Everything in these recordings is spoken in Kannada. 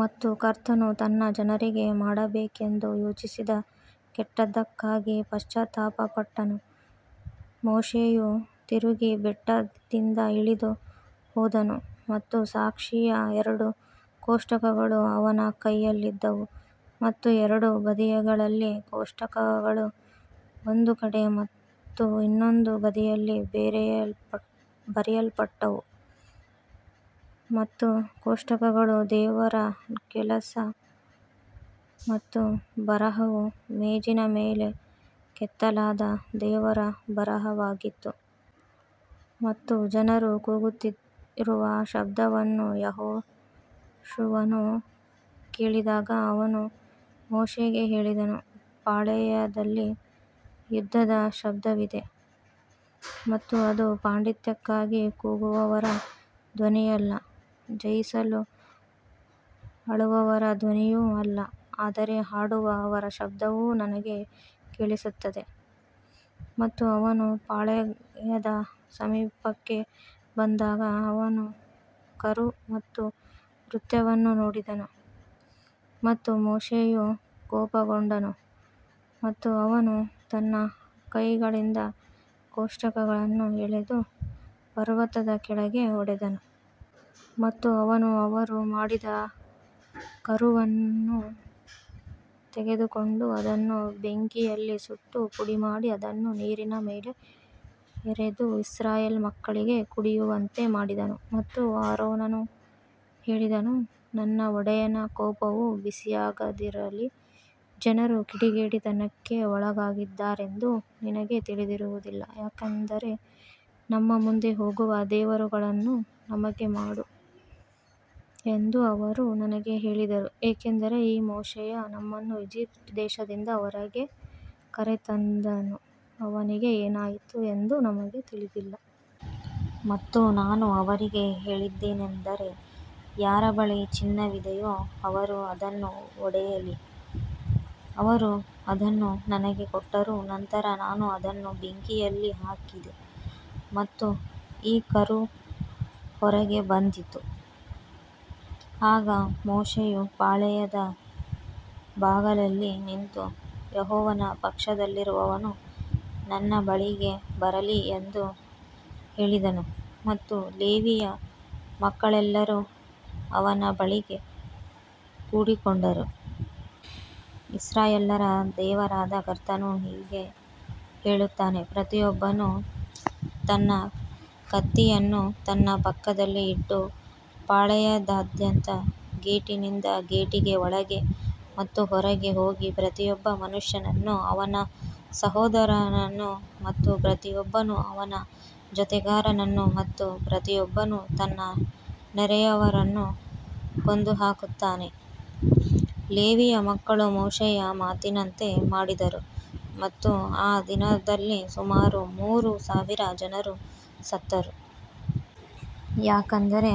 ಮತ್ತು ಕರ್ತನು ತನ್ನ ಜನರಿಗೆ ಮಾಡಬೇಕೆಂದು ಯೋಚಿಸಿದ ಕೆಟ್ಟದ್ದಕ್ಕಾಗಿ ಪಶ್ಚಾತ್ತಾಪಪಟ್ಟನು. ಮೋಶೆಯು ತಿರುಗಿ ಬೆಟ್ಟದಿಂದ ಇಳಿದು ಹೋದನು ಮತ್ತು ಸಾಕ್ಷಿಯ ಎರಡು ಕೋಷ್ಟಕಗಳು ಅವನ ಕೈಯಲ್ಲಿದ್ದವು ಮತ್ತು ಎರಡು ಬದಿಗಳಲ್ಲಿ ಕೋಷ್ಟಕಗಳು ಒಂದು ಕಡೆ ಮತ್ತು ಇನ್ನೊಂದು ಬದಿಯಲ್ಲಿ ಬರೆಯಲ್ಪಟ್ಟವು. ಮತ್ತು ಕೋಷ್ಟಕಗಳು ದೇವರ ಕೆಲಸ ಮತ್ತು ಬರಹವು ಮೇಜಿನ ಮೇಲೆ ಕೆತ್ತಲಾದ ದೇವರ ಬರಹವಾಗಿತ್ತು. ಮತ್ತು ಜನರು ಕೂಗುತ್ತಿರುವ ಶಬ್ದವನ್ನು ಯೆಹೋಶುವನು ಕೇಳಿದಾಗ ಅವನು ಮೋಶೆಗೆ ಹೇಳಿದನು ಪಾಳೆಯದಲ್ಲಿ ಯುದ್ಧದ ಶಬ್ದವಿದೆ. ಮತ್ತು ಅದು ಪಾಂಡಿತ್ಯಕ್ಕಾಗಿ ಕೂಗುವವರ ಧ್ವನಿಯಲ್ಲ ಜಯಿಸಲು ಅಳುವವರ ಧ್ವನಿಯೂ ಅಲ್ಲ ಆದರೆ ಹಾಡುವ ಅವರ ಶಬ್ದವು ನನಗೆ ಕೇಳಿಸುತ್ತದೆ. ಮತ್ತು ಅವನು ಪಾಳೆಯದ ಸಮೀಪಕ್ಕೆ ಬಂದಾಗ ಅವನು ಕರು ಮತ್ತು ನೃತ್ಯವನ್ನು ನೋಡಿದನು ಮತ್ತು ಮೋಶೆಯು ಕೋಪಗೊಂಡನು ಮತ್ತು ಅವನು ತನ್ನ ಕೈಗಳಿಂದ ಕೋಷ್ಟಕಗಳನ್ನು ಎಸೆದು ಪರ್ವತದ ಕೆಳಗೆ ಒಡೆದನು. ಮತ್ತು ಅವನು ಅವರು ಮಾಡಿದ ಕರುವನ್ನು ತೆಗೆದುಕೊಂಡು ಅದನ್ನು ಬೆಂಕಿಯಲ್ಲಿ ಸುಟ್ಟು ಪುಡಿಮಾಡಿ ಅದನ್ನು ನೀರಿನ ಮೇಲೆ ಎರೆದು ಇಸ್ರಾಯೇಲ್ ಮಕ್ಕಳಿಗೆ ಕುಡಿಯುವಂತೆ ಮಾಡಿದನು. ಮತ್ತು ಆರೋನನು ಹೇಳಿದನು ನನ್ನ ಒಡೆಯನ ಕೋಪವು ಬಿಸಿಯಾಗದಿರಲಿ ಜನರು ಕಿಡಿಗೇಡಿತನಕ್ಕೆ ಒಳಗಾಗಿದ್ದಾರೆಂದು ನಿನಗೆ ತಿಳಿದಿರುವುದಿಲ್ಲ. ಯಾಕಂದರೆ ನಮ್ಮ ಮುಂದೆ ಹೋಗುವ ದೇವರುಗಳನ್ನು ನಮಗೆ ಮಾಡು ಎಂದು ಅವರು ನನಗೆ ಹೇಳಿದರು ಏಕೆಂದರೆ ಈ ಮೋಶೆಯು ನಮ್ಮನ್ನು ಈಜಿಪ್ಟ್ ದೇಶದಿಂದ ಹೊರಗೆ ಕರೆತಂದನು ಅವನಿಗೆ ಏನಾಯಿತು ಎಂದು ನಮಗೆ ತಿಳಿದಿಲ್ಲ. ಮತ್ತು ನಾನು ಅವರಿಗೆ ಹೇಳಿದ್ದೇನೆಂದರೆ ಯಾರ ಬಳಿ ಚಿನ್ನವಿದೆಯೋ ಅವರು ಅದನ್ನು ಒಡೆಯಲಿ. ಅವರು ಅದನ್ನು ನನಗೆ ಕೊಟ್ಟರು ನಂತರ ನಾನು ಅದನ್ನು ಬೆಂಕಿಯಲ್ಲಿ ಹಾಕಿದೆ ಮತ್ತು ಈ ಕರು ಹೊರಗೆ ಬಂದಿತು. ಆಗ ಮೋಶೆಯು ಪಾಳೆಯದ ಬಾಗಲಲ್ಲಿ ನಿಂತು ಯೆಹೋವನ ಪಕ್ಷದಲ್ಲಿರುವವನು ನನ್ನ ಬಳಿಗೆ ಬರಲಿ ಎಂದು ಹೇಳಿದನು ಮತ್ತು ಲೇವಿಯ ಮಕ್ಕಳೆಲ್ಲರೂ ಅವನ ಬಳಿಗೆ ಕೂಡಿಕೊಂಡರು. ಇಸ್ರಾಯೇಲ್ಯರ ದೇವರಾದ ಕರ್ತನು ಹೀಗೆ ಹೇಳುತ್ತಾನೆ ಪ್ರತಿಯೊಬ್ಬನು ತನ್ನ ಕತ್ತಿಯನ್ನು ತನ್ನ ಪಕ್ಕದಲ್ಲಿ ಇಟ್ಟು ಪಾಳೆಯದಾದ್ಯಂತ ಗೇಟಿನಿಂದ ಗೇಟಿಗೆ ಒಳಗೆ ಮತ್ತು ಹೊರಗೆ ಹೋಗಿ ಪ್ರತಿಯೊಬ್ಬ ಮನುಷ್ಯನನ್ನು ಅವನ ಸಹೋದರನನ್ನು ಮತ್ತು ಪ್ರತಿಯೊಬ್ಬನು ಅವನ ಜೊತೆಗಾರನನ್ನು ಮತ್ತು ಪ್ರತಿಯೊಬ್ಬನು ತನ್ನ ನೆರೆಯವರನ್ನು ಕೊಂದುಹಾಕುತ್ತಾನೆ. ಲೇವಿಯ ಮಕ್ಕಳು ಮೋಶೆಯ ಮಾತಿನಂತೆ ಮಾಡಿದರು ಮತ್ತು ಆ ದಿನದಲ್ಲಿ ಸುಮಾರು ಮೂರು ಸಾವಿರ ಜನರು ಸತ್ತರು. ಯಾಕಂದರೆ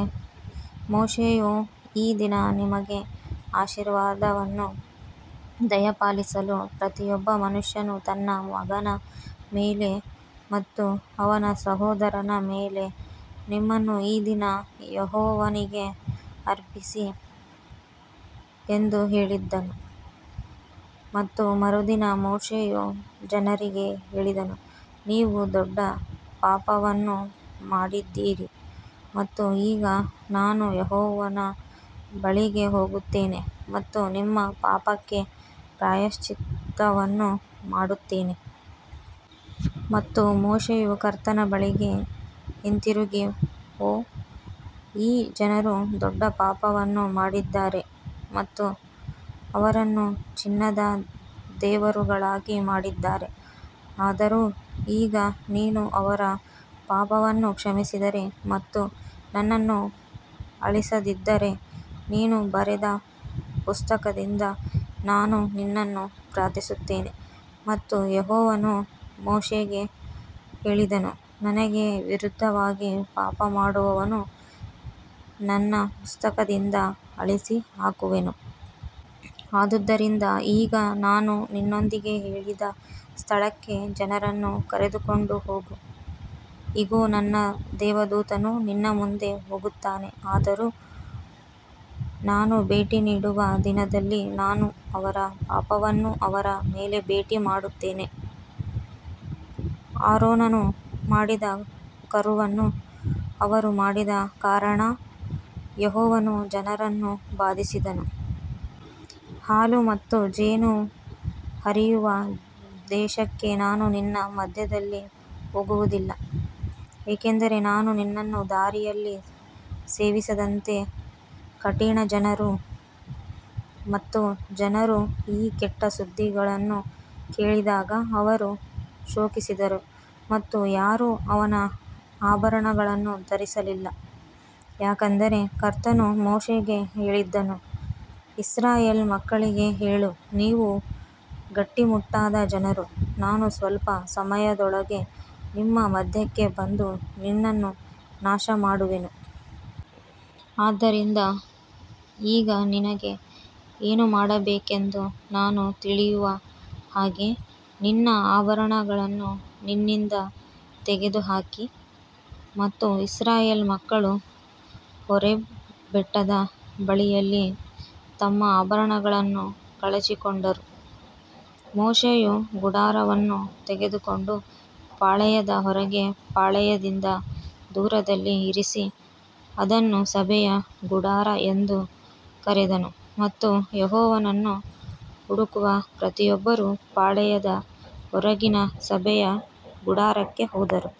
ಮೋಶೆಯು ಈ ದಿನ ನಿಮಗೆ ಆಶೀರ್ವಾದವನ್ನು ದಯಪಾಲಿಸಲು ಪ್ರತಿಯೊಬ್ಬ ಮನುಷ್ಯನು ತನ್ನ ಮಗನ ಮೇಲೆ ಮತ್ತು ಅವನ ಸಹೋದರನ ಮೇಲೆ ನಿಮ್ಮನ್ನು ಈ ದಿನ ಯೆಹೋವನಿಗೆ ಅರ್ಪಿಸಿ ಎಂದು ಹೇಳಿದ್ದನು. ಮತ್ತು ಮರುದಿನ ಮೋಶೆಯು ಜನರಿಗೆ ಹೇಳಿದನು ನೀವು ದೊಡ್ಡ ಪಾಪವನ್ನು ಮಾಡಿದ್ದೀರಿ ಮತ್ತು ಈಗ ನಾನು ಯೆಹೋವನ ಬಳಿಗೆ ಹೋಗುತ್ತೇನೆ ಮತ್ತು ನಿಮ್ಮ ಪಾಪಕ್ಕೆ ಪ್ರಾಯಶ್ಚಿತ್ತವನ್ನು ಮಾಡುತ್ತೇನೆ. ಮತ್ತು ಮೋಶೆಯು ಕರ್ತನ ಬಳಿಗೆ ಹಿಂತಿರುಗಿ ಓಹ್ ಈ ಜನರು ದೊಡ್ಡ ಪಾಪವನ್ನು ಮಾಡಿದ್ದಾರೆ ಮತ್ತು ಅವರನ್ನು ಚಿನ್ನದ ದೇವರುಗಳಾಗಿ ಮಾಡಿದ್ದಾರೆ. ಆದರೂ ಈಗ ನೀನು ಅವರ ಪಾಪವನ್ನು ಕ್ಷಮಿಸಿದರೆ ಮತ್ತು ನನ್ನನ್ನು ಅಳಿಸದಿದ್ದರೆ ನೀನು ಬರೆದ ಪುಸ್ತಕದಿಂದ ನಾನು ನಿನ್ನನ್ನು ಪ್ರಾರ್ಥಿಸುತ್ತೇನೆ. ಮತ್ತು ಯೆಹೋವನು ಮೋಶೆಗೆ ಹೇಳಿದನು ನನಗೆ ವಿರುದ್ಧವಾಗಿ ಪಾಪಮಾಡುವವನು ನನ್ನ ಪುಸ್ತಕದಿಂದ ಅಳಿಸಿಹಾಕುವೆನು. ಆದುದರಿಂದ ಈಗ ನಾನು ನಿನ್ನೊಂದಿಗೆ ಹೇಳಿದ ಸ್ಥಳಕ್ಕೆ ಜನರನ್ನು ಕರೆದುಕೊಂಡು ಹೋಗು. ಇಗೋ ನನ್ನ ದೇವದೂತನು ನಿನ್ನ ಮುಂದೆ ಹೋಗುತ್ತಾನೆ ಆದರೂ ನಾನು ಭೇಟಿ ನೀಡುವ ದಿನದಲ್ಲಿ ನಾನು ಅವರ ಪಾಪವನ್ನು ಅವರ ಮೇಲೆ ಭೇಟಿ ಮಾಡುತ್ತೇನೆ. ಆರೋನನು ಮಾಡಿದ ಕರುವನ್ನು ಅವರು ಮಾಡಿದ ಕಾರಣ ಯೆಹೋವನು ಜನರನ್ನು ಬಾಧಿಸಿದನು. ಹಾಲು ಮತ್ತು ಜೇನು ಹರಿಯುವ ದೇಶಕ್ಕೆ ನಾನು ನಿನ್ನ ಮಧ್ಯದಲ್ಲಿ ಹೋಗುವುದಿಲ್ಲ ಏಕೆಂದರೆ ನಾನು ನಿನ್ನನ್ನು ದಾರಿಯಲ್ಲಿ ಸೇವಿಸದಂತೆ ಕಠಿಣ ಜನರು. ಮತ್ತು ಜನರು ಈ ಕೆಟ್ಟ ಸುದ್ದಿಗಳನ್ನು ಕೇಳಿದಾಗ ಅವರು ಶೋಕಿಸಿದರು ಮತ್ತು ಯಾರೂ ಅವನ ಆಭರಣಗಳನ್ನು ಧರಿಸಲಿಲ್ಲ. ಯಾಕಂದರೆ ಕರ್ತನು ಮೋಶೆಗೆ ಹೇಳಿದ್ದನು ಇಸ್ರಾಯೇಲ್ ಮಕ್ಕಳಿಗೆ ಹೇಳು ನೀವು ಗಟ್ಟಿಮುಟ್ಟಾದ ಜನರು ನಾನು ಸ್ವಲ್ಪ ಸಮಯದೊಳಗೆ ನಿಮ್ಮ ಮಧ್ಯಕ್ಕೆ ಬಂದು ನಿನ್ನನ್ನು ನಾಶಮಾಡುವೆನು. ಆದ್ದರಿಂದ ಈಗ ನಿನಗೆ ಏನು ಮಾಡಬೇಕೆಂದು ನಾನು ತಿಳಿಯುವ ಹಾಗೆ ನಿನ್ನ ಆಭರಣಗಳನ್ನು ನಿನ್ನಿಂದ ತೆಗೆದುಹಾಕಿ. ಮತ್ತು ಇಸ್ರಾಯೇಲ್ ಮಕ್ಕಳು ಹೋರೇಬ್ ಬೆಟ್ಟದ ಬಳಿಯಲ್ಲಿ ತಮ್ಮ ಆಭರಣಗಳನ್ನು ಕಳಚಿಕೊಂಡರು. ಮೋಶೆಯು ಗುಡಾರವನ್ನು ತೆಗೆದುಕೊಂಡು ಪಾಳೆಯದ ಹೊರಗೆ ಪಾಳೆಯದಿಂದ ದೂರದಲ್ಲಿ ಇರಿಸಿ ಅದನ್ನು ಸಭೆಯ ಗುಡಾರ ಎಂದು ಕರೆದನು ಮತ್ತು ಯೆಹೋವನನ್ನು ಹುಡುಕುವ ಪ್ರತಿಯೊಬ್ಬರೂ ಪಾಳೆಯದ ಹೊರಗಿನ ಸಭೆಯ ಗುಡಾರಕ್ಕೆ ಹೋದರು.